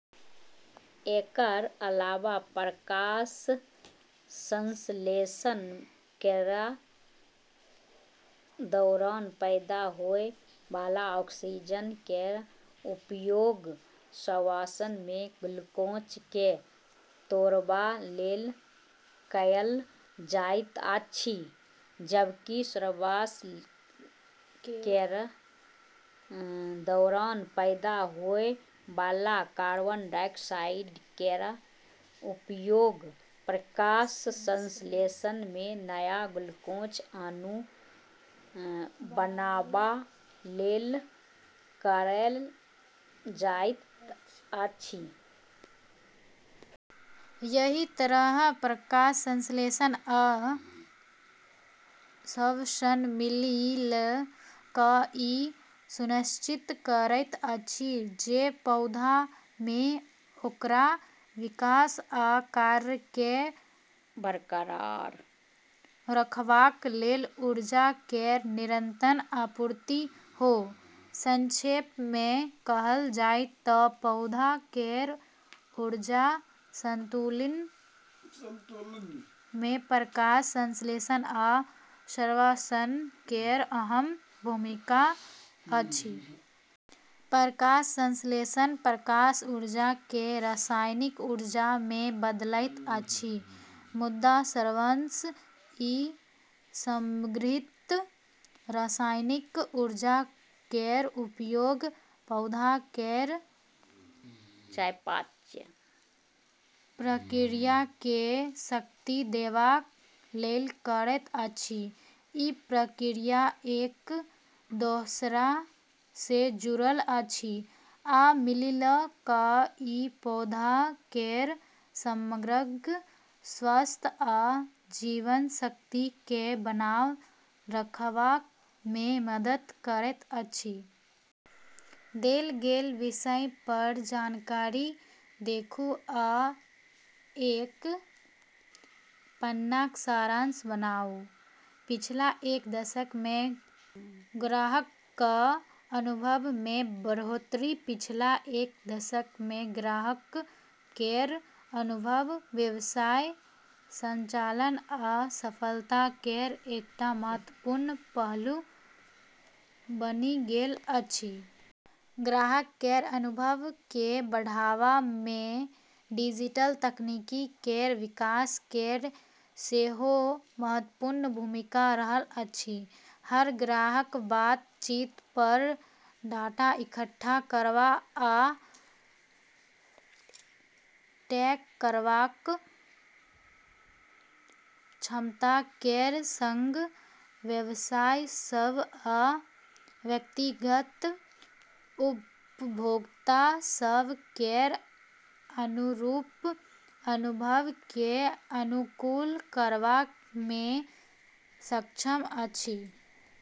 एकर अलावा प्रकाश संश्लेषण केर दौरान पैदा होय बला ऑक्सीजन केर उपयोग श्वसन मे ग्लूकोज केँ तोड़बा लेल कएल जाइत अछि, जबकि श्वसन केर दौरान पैदा होय बला कार्बन डाइऑक्साइड केर उपयोग प्रकाश संश्लेषण मे नया ग्लूकोज अणु बनाबा लेल कएल जाइत अछि। एहि तरहें प्रकाश संश्लेषण आ श्वसन मिलि कऽ ई सुनिश्चित करैत अछि जे पौधा मे ओकर विकास आ कार्य केँ बरकरार रखबाक लेल ऊर्जा केर निरंतर आपूर्ति हो। संक्षेप मे कहल जाय तँ पौधा केर ऊर्जा संतुलन मे प्रकाश संश्लेषण आ श्वसन केर अहम भूमिका अछि। प्रकाश संश्लेषण प्रकाश ऊर्जा केँ रासायनिक ऊर्जा मे बदलैत अछि, मुदा श्वसन ई संग्रहीत रासायनिक ऊर्जा केर उपयोग पौधा केर चयापचय प्रक्रिया केँ शक्ति देबाय लेल करैत अछि। ई प्रक्रिया एक दोसरा सँ जुड़ल अछि, आ मिलि कऽ ई पौधा केर समग्र स्वास्थ्य आ जीवन शक्ति केँ बनाय रखबा मे मदद करैत अछि। देल गेल विषय पर जानकारी देखू आ एक पन्नाक सारांश बनाऊ। पिछला एक दशक मे ग्राहकक अनुभव मे बढ़ोतरी पिछला एक दशक मे ग्राहक केर अनुभव व्यवसाय संचालन आ सफलता केर एकटा महत्वपूर्ण पहलू बनि गेल अछि। ग्राहक केर अनुभव केँ बढ़ाबय मे डिजिटल तकनीक केर विकास केर सेहो महत्वपूर्ण भूमिका रहल अछि। हर ग्राहक बातचीत पर डाटा इकट्ठा करब आ ट्रैक करबाक क्षमता केर संग, व्यवसाय सभ आब व्यक्तिगत उपभोक्ता सभ केर अनुरूप अनुभव केँ अनुकूल करबा मे सक्षम अछि।